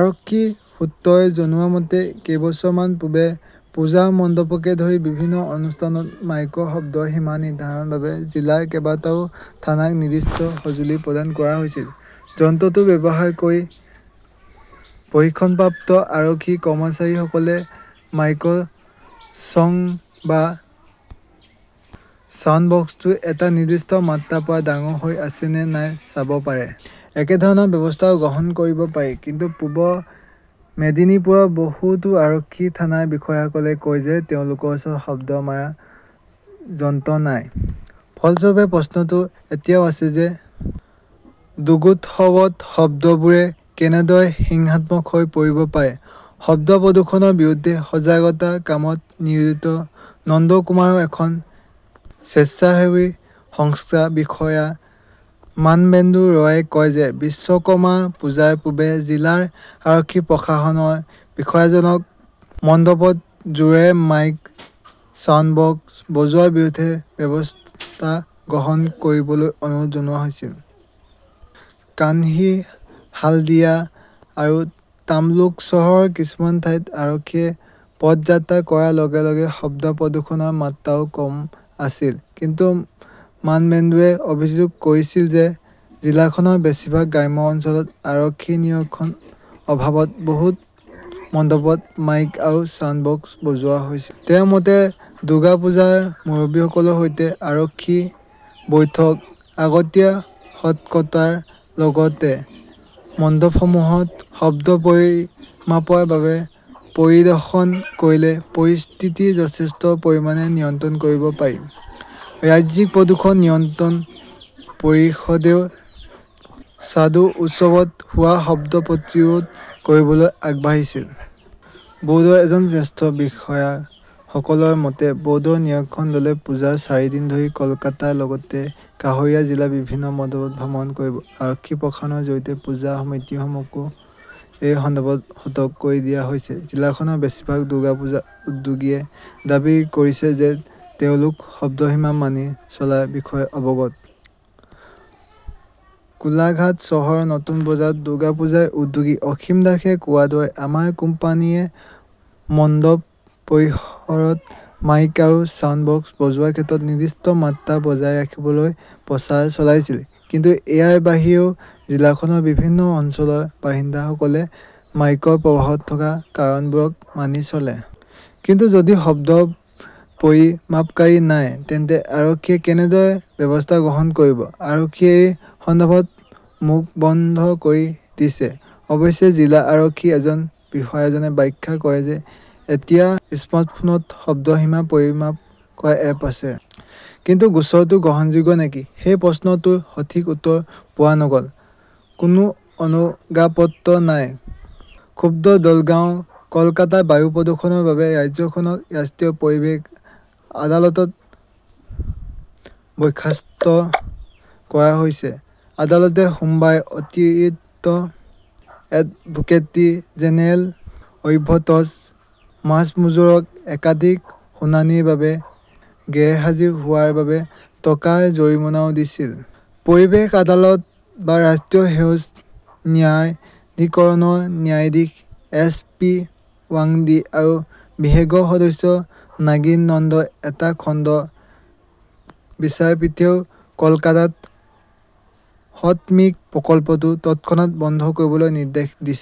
আৰক্ষীৰ সূত্ৰই জনোৱা মতে, কেইবছৰমান পূৰ্বে পূজা মণ্ডপকে ধৰি বিভিন্ন অনুষ্ঠানত মাইকৰ শব্দৰ সীমা নিৰ্ধাৰণৰ বাবে জিলাৰ কেইবাটাও থানাক নিৰ্দিষ্ট সঁজুলি প্ৰদান কৰা হৈছিল। যন্ত্ৰটো ব্যৱহাৰ কৰি প্ৰশিক্ষণপ্ৰাপ্ত আৰক্ষী-কৰ্মচাৰীসকলে মাইকৰ চঙ বা ছাউণ্ড-বক্সটো এটা নিৰ্দিষ্ট মাত্ৰাৰ পৰা ডাঙৰ হৈ আছে নে নাই চাব পাৰে। একেধৰণৰ ব্যৱস্থাও গ্ৰহণ কৰিব পাৰি। কিন্তু পূব মেদিনীপুৰৰ বহুতো আৰক্ষী থানাৰ বিষয়াসকলে কয় যে, তেওঁলোকৰ ওচৰত শব্দ মাৰা যন্ত্ৰ নাই। ফলস্বৰূপে প্ৰশ্নটো এতিয়াও আছে যে, দুৰ্গোৎসৱত শব্দবোৰে কেনেদৰে হিংসাত্মক হৈ পৰিব পাৰে? শব্দ প্ৰদূষণৰ বিৰুদ্ধে সজাগতাৰ কামত নিয়োজিত নন্দকুমাৰৰ এখন স্বেচ্ছাসেৱী সংস্থাৰ বিষয়া মানবেন্দু ৰয়ে কয় যে, বিশ্বকৰ্মা পূজাৰ পূৰ্বে জিলাৰ আৰক্ষী-প্ৰশাসনৰ বিষয়াজনক মণ্ডপত জোৰেৰে মাইক, ছাউণ্ডবক্স বজোৱাৰ বিৰুদ্ধে ব্যৱস্থা গ্ৰহণ কৰিবলৈ অনুৰোধ জনোৱা হৈছিল। কান্থী, হালদিয়া আৰু তাম্লুক চহৰৰ কিছুমান ঠাইত আৰক্ষীয়ে পদযাত্ৰা কৰাৰ লগে লগে শব্দ প্ৰদূষণৰ মাত্ৰাও কম আছিল। কিন্তু মানবেন্দুৱে অভিযোগ কৰিছিল যে, জিলাখনৰ বেছিভাগ গ্ৰাম্য অঞ্চলত আৰক্ষীৰ নিৰীক্ষণৰ অভাৱত বহুতো মণ্ডপত মাইক আৰু ছাউণ্ড-বক্স বজোৱা হৈছিল। তেওঁৰ মতে, "দুৰ্গা পূজাৰ মুৰব্বীসকলৰ সৈতে আৰক্ষী-বৈঠকত আগতীয়া সতৰ্কতাৰ লগতে মণ্ডপসমূহত শব্দ পৰিমাপৰ বাবে পৰিদৰ্শন কৰিলে পৰিস্থিতি যথেষ্ট পৰিমাণে নিয়ন্ত্ৰণ কৰিব পাৰি"। ৰাজ্যিক প্ৰদূষণ নিয়ন্ত্ৰণ পৰিষদেও চাৰ্ডো উৎসৱত হোৱা শব্দ প্ৰতিৰোধ কৰিবলৈ আগবাঢ়িছে। বৰ্ডৰ এজন জ্যেষ্ঠ বিষয়াসকলৰ মতে, বৰ্ডৰ নিৰীক্ষণ দলে পূজাৰ চাৰিদিন ধৰি কলকাতাৰ লগতে কাষৰীয়া জিলাৰ বিভিন্ন মণ্ডপত ভ্ৰমণ কৰিব। আৰক্ষী-প্ৰশাসনৰ জৰিয়তে পূজা সমিতিসমূহকো এই সন্দৰ্ভত সতৰ্ক কৰি দিয়া হৈছে। জিলাখনৰ বেছিভাগ দুৰ্গা পূজা উদ্যোগীয়ে দাবী কৰিছে যে, তেওঁলোক শব্দৰ সীমা মানি চলাৰ বিষয়ে অৱগত। কোলাঘাট চহৰৰ নতুন বজাৰত দুৰ্গা পূজাৰ উদ্যোগী অসীম দাসে কোৱাৰ দৰে, "আমাৰ কোম্পানীয়ে মণ্ডপ পৰিসৰত মাইক আৰু ছাউণ্ড-বক্স বজোৱাৰ ক্ষেত্ৰত নিৰ্দিষ্ট মাত্ৰা বজাই ৰাখিবলৈ প্ৰচাৰ চলাইছিল"। কিন্তু ইয়াৰ বাহিৰেও, জিলাখনৰ বিভিন্ন অঞ্চলৰ বাসিন্দাসকলে মাইকৰ প্ৰভাৱত থকা কাৰণবোৰক মানি চলে। কিন্তু যদি শব্দ পৰিমাপকাৰী নাই, তেন্তে আৰক্ষীয়ে কেনেদৰে ব্যৱস্থা গ্ৰহণ কৰিব? আৰক্ষীয়ে এই সন্দৰ্ভত মুখ বন্ধ কৰি দিছে। অৱশ্যে, জিলা আৰক্ষীৰ এজন বিষয়াজনে ব্যাখ্যা কৰে যে, এতিয়া স্মাৰ্টফোনত শব্দ সীমা পৰিমাপ কৰা এপ আছে। কিন্তু গোচৰটো গ্ৰহণযোগ্য নেকি, সেই প্ৰশ্নটোৰ সঠিক উত্তৰ পোৱা নগল। কোনো অনুজ্ঞাপত্ৰ নাই, ক্ষুব্ধ দলগাঁও কলকাতাৰ বায়ু প্ৰদূষণৰ বাবে ৰাজ্যখনক ৰাষ্ট্ৰীয় পৰিৱেশ আদালতত বৰ্খাস্ত কৰা হৈছে। আদালতে সোমবাৰে অতিৰিক্ত এডভোকেট্ৰী জেনেৰেল অভ্ৰতছ মাজ্মুজ্জৰক একাধিক শুনানিৰ বাবে গেৰহাজী হোৱাৰ বাবে টকাৰ জৰিমনাও দিছিল। পৰিৱেশ আদালত বা ৰাষ্ট্ৰীয় সেউজ ন্যায়াধিকৰণৰ ন্যায়াধীশ এছ পি ৱাংদী আৰু বিশেষজ্ঞ সদস্য নাগিন নন্দৰ এটা খণ্ড বিচাৰপীঠেও কলকাতাত 'হট মিক্স "প্ৰকল্পটো তৎক্ষণাত বন্ধ কৰিবলৈ নিৰ্দেশ দিছে।